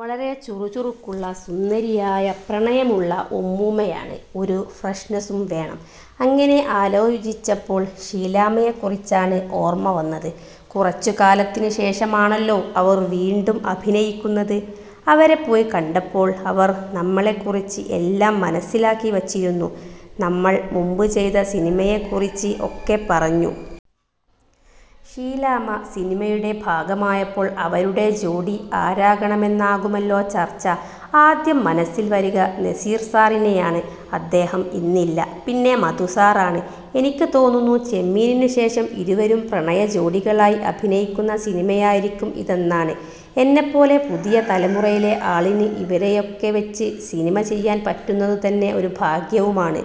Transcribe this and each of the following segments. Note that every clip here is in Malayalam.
വളരെ ചുറുചുറുക്കുള്ള, സുന്ദരിയായ, പ്രണയമുള്ള ഉമ്മൂമ്മയാണ്. ഒരു ഫ്രഷ്നസും വേണം. അങ്ങനെ ആലോചിച്ചപ്പോൾ ഷീലാമ്മയെക്കുറിച്ചാണ് ഓർമ്മ വന്നത്. കുറച്ച് കാലത്തിനു ശേഷമാണല്ലോ അവർ വീണ്ടും അഭിനയിക്കുന്നത്. അവരെ പോയി കണ്ടപ്പോൾ അവർ നമ്മളെ കുറിച്ച് എല്ലാം മനസ്സിലാക്കി വച്ചിരുന്നു. നമ്മൾ മുമ്പ് ചെയ്ത സിനിമയെ കുറിച്ച് ഒക്കെ പറഞ്ഞു. ഷീലാമ്മ സിനിമയുടെ ഭാഗമായപ്പോൾ അവരുടെ ജോഡി ആരാകണമെന്നാകുമല്ലോ ചർച്ച. ആദ്യം മനസ്സിൽ വരിക നസീർ സാറിനെയാണ്. അദ്ദേഹം ഇന്നില്ല. പിന്നെ മധുസാറാണ്. എനിക്ക് തോന്നുന്നു ചെമ്മീനു ശേഷം ഇരുവരും പ്രണയജോഡികളായി അഭിനയിക്കുന്ന സിനിമയായിരിക്കും ഇതെന്നാണ്. എന്നെപ്പോലെ പുതിയ തലമുറയിലെ ആളിന് ഇവരെയൊക്കെ വച്ച് സിനിമ ചെയ്യാൻ പറ്റുന്നതു തന്നെ ഒരു ഭാഗ്യവും ആണ്.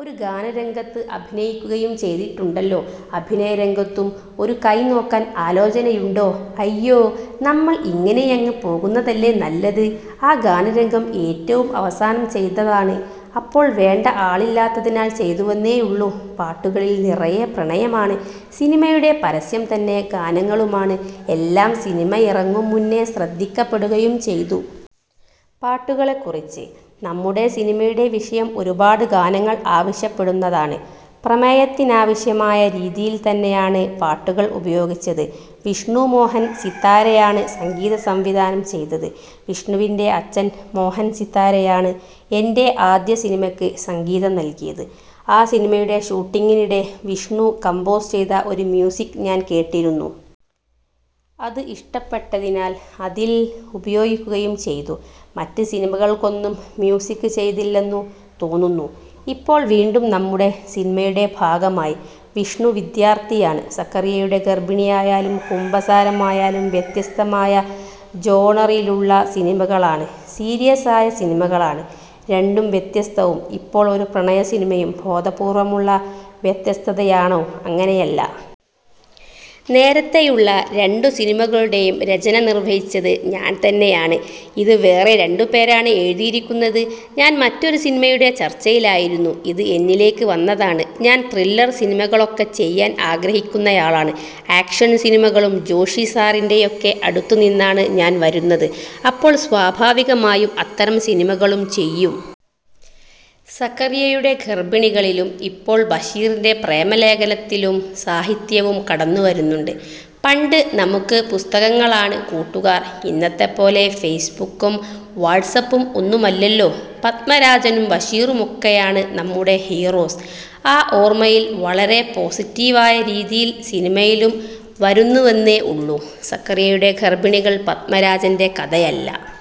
ഒരു ഗാനരംഗത്ത് അഭിനയിക്കുകയും ചെയ്തിട്ടുണ്ടല്ലോ? അഭിനയരംഗത്തും ഒരു കൈനോക്കാൻ ആലോചനയുണ്ടോ? അയ്യോ, നമ്മൾ ഇങ്ങനെയങ്ങ് പോകുന്നതല്ലേ നല്ലത്. ആ ഗാനരംഗം ഏറ്റവും അവസാനം ചെയ്തതാണ്. അപ്പോൾ വേണ്ട ആളില്ലാത്തതിനാൽ ചെയ്തുവെന്നേ ഉള്ളൂ. പാട്ടുകളിൽ നിറയെ പ്രണയമാണ്. സിനിമയുടെ പരസ്യം തന്നെ ഗാനങ്ങളുമാണ്. എല്ലാം സിനിമയിറങ്ങും മുന്നേ ശ്രദ്ധിക്കപ്പെടുകയും ചെയ്തു. പാട്ടുകളെ കുറിച്ച്? നമ്മുടെ സിനിമയുടെ വിഷയം ഒരുപാട് ഗാനങ്ങൾ ആവശ്യപ്പെടുന്നതാണ്. പ്രമേയത്തിനാവശ്യമായ രീതിയിൽ തന്നെയാണ് പാട്ടുകൾ ഉപയോഗിച്ചത്. വിഷ്ണു മോഹൻ സിത്താരയാണ് സംഗീതസംവിധാനം ചെയ്തത്. വിഷ്ണുവിന്റെ അച്ഛൻ മോഹൻ സിത്താരയാണ് എന്റെ ആദ്യ സിനിമയ്ക്ക് സംഗീതം നൽകിയത്. ആ സിനിമയുടെ ഷൂട്ടിംഗിനിടെ വിഷ്ണു കമ്പോസ് ചെയ്ത ഒരു മ്യൂസിക് ഞാൻ കേട്ടിരുന്നു. അത് ഇഷ്ടപ്പെട്ടതിനാൽ അതിൽ ഉപയോഗിക്കുകയും ചെയ്തു. മറ്റ് സിനിമകൾക്കൊന്നും മ്യൂസിക് ചെയ്തില്ലെന്നു തോന്നുന്നു. ഇപ്പോൾ വീണ്ടും നമ്മുടെ സിനിമയുടെ ഭാഗമായി. വിഷ്ണു വിദ്യാർഥിയാണ്. സക്കറിയയുടെ ഗർഭിണിയായാലും കുമ്പസാരമായാലും വ്യത്യസ്തമായ ജോണറിലുള്ള സിനിമകളാണ്. സീരിയസായ സിനിമകളാണ്. രണ്ടും വ്യത്യസ്തവും. ഇപ്പോൾ ഒരു പ്രണയസിനിമയും. ബോധപൂർവമുള്ള വ്യത്യസ്തതയാണോ? അങ്ങനെയല്ല. നേരത്തെയുള്ള രണ്ടു സിനിമകളുടെയും രചന നിർവഹിച്ചത് ഞാൻ തന്നെയാണ്. ഇത് വേറെ രണ്ടുപേരാണ് എഴുതിയിരിക്കുന്നത്. ഞാൻ മറ്റൊരു സിനിമയുടെ ചർച്ചയിലായിരുന്നു. ഇത് എന്നിലേക്ക് വന്നതാണ്. ഞാൻ ത്രില്ലർ സിനിമകളൊക്കെ ചെയ്യാൻ ആഗ്രഹിക്കുന്നയാളാണ്. ആക്ഷൻ സിനിമകളും. ജോഷി സാറിന്റെയൊക്കെ അടുത്തു നിന്നാണ് ഞാൻ വരുന്നത്. അപ്പോൾ സ്വാഭാവികമായും അത്തരം സിനിമകളും ചെയ്യും. സക്കറിയയുടെ ഗർഭിണികളിലും ഇപ്പോൾ ബഷീറിന്റെ പ്രേമലേഖനത്തിലും സാഹിത്യവും കടന്നുവരുന്നുണ്ട്? പണ്ട് നമുക്ക് പുസ്തകങ്ങളാണ് കൂട്ടുകാർ. ഇന്നത്തെപ്പോലെ ഫേസ്ബുക്കും വാട്സ് ആപ്പും ഒന്നുമല്ലല്ലോ? പദ്മരാജനും ബഷീറുമൊക്കെയാണ് നമ്മുടെ ഹീറോസ്. ആ ഓർമ്മയിൽ വളരെ പോസറ്റീവ് ആയ രീതിയിൽ സിനിമയിലും വരുന്നുവെന്നേ ഉള്ളൂ. സക്കറിയയുടെ ഗർഭിണികൾ പദ്മരാജന്റെ കഥയല്ല.